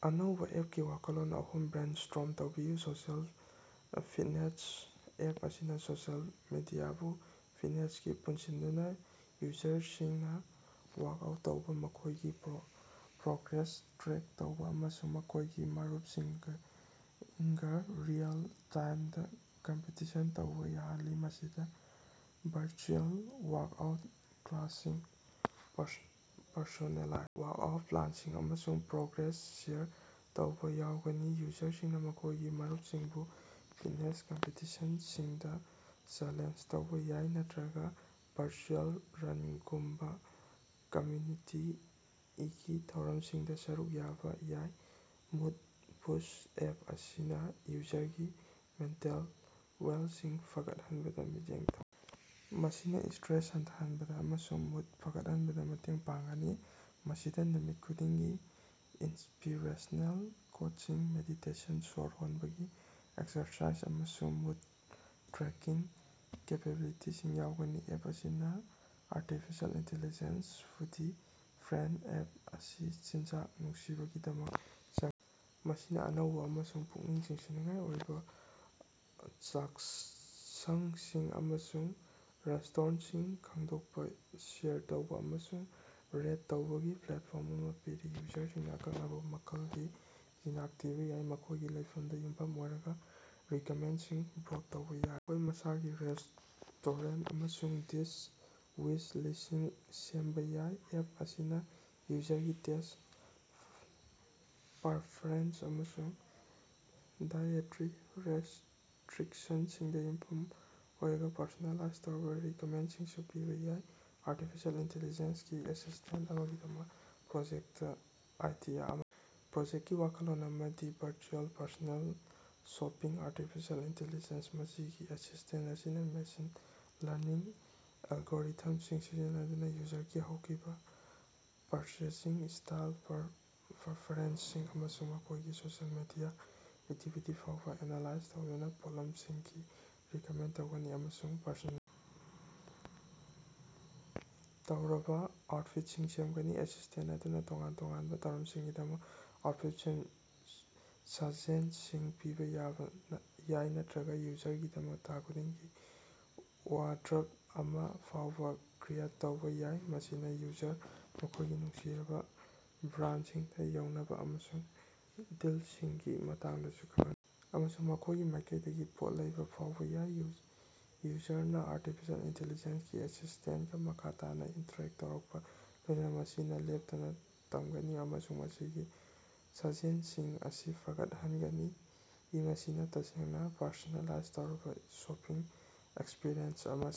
ꯑꯅꯧꯕꯥ ꯑꯦꯞꯀꯤ ꯋꯥꯈꯜꯂꯣꯟ ꯑꯍꯨꯝ ꯕ꯭ꯔꯦꯟꯁ꯭ꯇꯣꯔꯝ ꯇꯧꯕꯤꯌꯨ꯫ ꯁꯣꯁꯤꯑꯦꯜ ꯐꯤꯠꯅꯦꯁ: ꯑꯦꯞ ꯑꯁꯤꯅ ꯁꯣꯁꯤꯑꯦꯜ ꯃꯤꯗꯤꯌꯥꯕꯨ ꯐꯤꯠꯅꯦꯁꯀꯥ ꯄꯨꯟꯁꯤꯟꯅꯗꯨꯅ ꯌꯨꯖꯔꯁꯤꯡꯅ ꯋꯥꯔꯛꯑꯥꯎꯠ ꯇꯧꯕ, ꯃꯈꯣꯏꯒꯤ ꯄ꯭ꯔꯣꯒ꯭ꯔꯦꯁ ꯇ꯭ꯔꯦꯛ ꯇꯧꯕ ꯑꯃꯁꯨꯡ ꯃꯈꯣꯏꯒꯤ ꯃꯔꯨꯞꯁꯤꯡꯒ ꯔꯤꯑꯦꯜ-ꯇꯥꯏꯝꯗꯥ ꯀꯝꯄꯤꯇꯤꯁꯟ ꯇꯧꯕ ꯌꯥꯍꯜꯂꯤ꯫ ꯃꯁꯤꯗ ꯚꯔꯆꯨꯑꯦꯜ ꯋꯥꯔꯛꯑꯥꯎꯠ ꯀ꯭ꯂꯥꯁꯁꯤꯡ, ꯄꯔꯁꯣꯅꯦꯂꯥꯏꯖ ꯋꯥꯔꯛꯑꯥꯎꯠ ꯄ꯭ꯂꯥꯟꯁꯤꯡ, ꯑꯃꯁꯨꯡ ꯄ꯭ꯔꯣꯒ꯭ꯔꯦꯁ ꯁꯦꯌꯔ ꯇꯧꯕ ꯌꯥꯎꯒꯅꯤ꯫ ꯌꯨꯖꯔꯁꯤꯡꯅ ꯃꯈꯣꯏꯒꯤ ꯃꯔꯨꯞꯁꯤꯡꯕꯨ ꯐꯤꯠꯅꯦꯁ ꯀꯝꯄꯤꯇꯤꯁꯟꯁꯤꯡꯗꯥ ꯆꯦꯂꯦꯟꯖ ꯇꯧꯕ ꯌꯥꯏ ꯅꯠꯇ꯭ꯔꯒ ꯚꯔꯆꯨꯑꯦꯜ ꯔꯟꯒꯨꯝꯕꯥ ꯀꯝꯃꯌꯨꯅꯤꯇꯤꯒꯤ ꯊꯧꯔꯝꯁꯤꯡꯗ ꯁꯔꯨꯛ ꯌꯥꯕ ꯌꯥꯏ꯫ ꯃꯨꯠ ꯕꯨꯁ: ꯑꯦꯞ ꯑꯁꯤꯅ ꯌꯨꯖꯔꯒꯤ ꯃꯦꯟꯇꯦꯜ ꯋꯦꯜꯁꯤꯡ ꯐꯒꯠꯍꯟꯕꯗ ꯃꯤꯠꯌꯦꯡ ꯊꯝꯒꯅꯤ, ꯃꯁꯤꯅ ꯁꯇ꯭ꯔꯦꯁ ꯍꯟꯊꯍꯟꯕꯗ ꯑꯃꯁꯨꯡ ꯃꯨꯠ ꯐꯒꯠꯍꯟꯕꯗ ꯃꯇꯦꯡ ꯄꯥꯡꯒꯅꯤ꯫ ꯃꯁꯤꯗ ꯅꯨꯃꯤꯠ ꯈꯨꯗꯤꯡꯒꯤ ꯏꯟꯁꯄꯤꯔꯦꯁꯅꯦꯜ ꯀꯣꯠꯁꯤꯡ, ꯃꯦꯗꯤꯇꯦꯁꯟ, ꯁꯣꯔ ꯍꯣꯟꯕꯒꯤ ꯑꯦꯛꯁꯔꯁꯥꯏꯖ, ꯑꯃꯁꯨꯡ ꯃꯨꯠ ꯇ꯭ꯔꯦꯀꯤꯡ ꯀꯦꯄꯦꯕꯤꯂꯤꯇꯤꯁꯤꯡ ꯌꯥꯎꯒꯅꯤ꯫ ꯑꯦꯞ ꯑꯁꯤꯅ artificial intelligence foodie friend: app ꯑꯁꯤ ꯆꯤꯟꯖꯥꯛ ꯅꯨꯡꯁꯤꯕꯁꯤꯡꯒꯤꯗꯃꯛꯇ ꯁꯦꯝ ꯃꯁꯤꯅ ꯑꯅꯧꯕ ꯑꯃꯁꯨꯡ ꯄꯨꯛꯅꯤꯡ ꯆꯤꯡꯁꯤꯟꯅꯤꯡꯉꯥꯏ ꯑꯣꯏꯕ ꯆꯥꯛꯁꯪꯁꯤꯡ ꯑꯃꯁꯨꯡ ꯔꯦꯁꯇꯣꯔꯦꯟꯁꯤꯡ ꯈꯪꯗꯣꯛꯄ, ꯁꯦꯌꯔ ꯇꯧꯕ ꯑꯃꯁꯨꯡ ꯔꯦꯠ ꯇꯧꯕꯒꯤ ꯄ꯭ꯂꯦꯠꯐꯣꯔꯝ ꯑꯃ ꯄꯤꯔꯤ꯫ ꯌꯨꯖꯔꯁꯤꯡꯅ ꯑꯀꯛꯅꯕ ꯃꯈꯜꯒꯤ ꯆꯤꯟꯖꯥꯛ ꯊꯤꯕ ꯌꯥꯏ, ꯃꯈꯣꯏꯒꯤ ꯂꯩꯐꯝꯗ ꯌꯨꯝꯐꯝ ꯑꯣꯏꯔꯒ ꯔꯤꯀꯃꯦꯟꯗꯦꯁꯟꯁꯤꯡ ꯕ꯭ꯔꯣꯠ ꯇꯧꯕ ꯌꯥꯏ ꯃꯈꯣꯏ ꯃꯁꯥꯒꯤ ꯔꯦꯁꯇꯣꯔꯦꯟ ꯑꯃꯁꯨꯡ ꯗꯤꯁ ꯋꯤꯁ ꯂꯤꯁꯁꯤꯡ ꯁꯦꯝꯕ ꯌꯥꯏ꯫ ꯑꯦꯞ ꯑꯁꯤꯅ ꯌꯨꯖꯔꯒꯤ ꯇꯦꯁ ꯄꯔꯐꯦꯔꯦꯟꯁ ꯑꯃꯁꯨꯡ ꯗꯥꯏꯑꯦꯇꯔꯤ ꯔꯦꯁꯇ꯭ꯔꯤꯛꯁꯟꯁꯤꯡꯗ ꯌꯨꯝꯐꯝ ꯑꯣꯏꯔꯒ ꯄꯔꯁꯣꯅꯦꯂꯥꯏꯖ ꯇꯧꯔꯕ ꯔꯤꯀꯃꯦꯟꯗꯦꯁꯟꯁꯤꯡꯁꯨ ꯄꯤꯕ ꯌꯥꯏ꯫ ꯑꯔꯇꯤꯐꯤꯁꯦꯜ ꯏꯟꯇꯤꯂꯤꯖꯦꯟꯁ ꯒꯤ ꯑꯦꯁꯤꯁꯇꯦꯟ ꯑꯃꯒꯤꯗꯃꯛ ꯄ꯭ꯔꯣꯖꯦꯛꯇ ꯑꯥꯏꯗꯤꯌꯥ ꯑꯃ ꯄ꯭ꯔꯣꯖꯦꯛꯀꯤ ꯋꯥꯈꯜꯂꯣꯟ ꯑꯃꯗꯤ virtual personal shopping artificial intelligence ꯃꯁꯤꯒꯤ ꯑꯦꯁꯤꯁꯇꯦꯟ ꯑꯁꯤꯅ ꯃꯦꯁꯤꯟ ꯂꯔꯅꯤꯡ ꯑꯦꯜꯒꯣꯔꯤꯊꯝꯁꯤꯡ ꯁꯤꯖꯤꯟꯅꯗꯨꯅ ꯌꯨꯖꯔꯒꯤ ꯍꯧꯈꯤꯕ ꯄꯔꯆꯦꯖꯁꯤꯡ, ꯁ꯭ꯇꯥꯏꯜ ꯄꯔꯐꯦꯔꯦꯟꯁꯁꯤꯡ, ꯑꯃꯁꯨꯡ ꯃꯈꯣꯏꯒꯤ ꯁꯣꯁꯤꯑꯦꯜ ꯃꯤꯗꯤꯌꯥ ꯑꯦꯛꯇꯤꯚꯤꯇꯤ ꯐꯥꯎꯕ ꯑꯦꯅꯥꯂꯥꯏꯖ ꯇꯧꯗꯨꯅ ꯄꯣꯠꯂꯝꯁꯤꯡꯒꯤ ꯔꯤꯀꯃꯦꯟ ꯇꯧꯒꯅꯤ ꯑꯃꯁꯨꯡ ꯄꯔꯁꯣꯅꯦ ꯇꯧꯔꯕꯥ ꯑꯥꯎꯠꯐꯤꯠꯁꯤꯡ ꯁꯦꯝꯒꯅꯤ꯫ ꯑꯦꯁꯤꯁꯇꯦꯟ ꯑꯗꯨꯅ ꯇꯣꯉꯥꯟ ꯇꯣꯉꯥꯟꯕ ꯊꯧꯔꯝꯁꯤꯡꯒꯤꯗꯃꯛ ꯑꯥꯎꯠꯐꯤꯠ ꯁꯖꯦꯁꯟꯁꯤꯡ ꯄꯤꯕ ꯌꯥꯏ ꯅꯠꯇ꯭ꯔꯒ ꯌꯨꯖꯔꯒꯤꯗꯃꯛꯇ ꯊꯥ ꯈꯨꯗꯤꯡꯒꯤ ꯋꯥꯗ꯭ꯔꯕ ꯑꯃ ꯐꯥꯎꯕ ꯀ꯭ꯔꯤꯌꯦꯠ ꯇꯧꯕ ꯌꯥꯏ꯫ ꯃꯁꯤꯅ ꯌꯨꯖꯔꯗꯥ ꯃꯈꯣꯏꯒꯤ ꯅꯨꯡꯁꯤꯖꯔꯕꯥ ꯕ꯭ꯔꯥꯟꯗꯁꯤꯡꯗ ꯌꯧꯅꯕ ꯑꯃꯁꯨꯡ ꯗꯤꯜꯁꯤꯡꯒꯤ ꯃꯇꯥꯡꯗꯁꯨ ꯈꯪꯍꯟꯅꯕ ꯑꯃꯁꯨꯡ ꯃꯈꯣꯏꯒꯤ ꯃꯥꯏꯀꯩꯗꯒꯤ ꯄꯣꯠ ꯂꯩꯕ ꯐꯥꯎꯕ ꯌꯥꯏ꯫ ꯌꯨꯖꯔꯅꯥ ꯑꯔꯇꯤꯐꯤꯁꯦꯜ ꯏꯟꯇꯤꯂꯤꯖꯦꯟꯁꯒꯤ ꯑꯦꯁꯤꯁꯇꯦꯟꯀꯥ ꯃꯈꯥ ꯇꯥꯅ ꯏꯟꯇꯔꯦꯛ ꯇꯧꯔꯛꯄꯒ ꯂꯣꯏꯅꯅ, ꯃꯁꯤꯅ ꯂꯦꯞꯇꯅ ꯇꯝꯒꯅꯤ ꯑꯃꯁꯨꯡ ꯃꯁꯤꯒꯤ ꯁꯖꯦꯁꯟꯁꯤꯡ ꯑꯁꯤ ꯐꯒꯠꯍꯟꯅꯒꯅꯤ, ꯃꯁꯤꯅ ꯇꯁꯦꯡꯅ ꯄꯔꯁꯣꯅꯦꯂꯥꯏꯖ ꯇꯧꯔꯕ ꯁꯣꯄꯤꯡ ꯑꯦꯛꯁꯄꯤꯔꯤꯑꯦꯟꯁ ꯑꯃ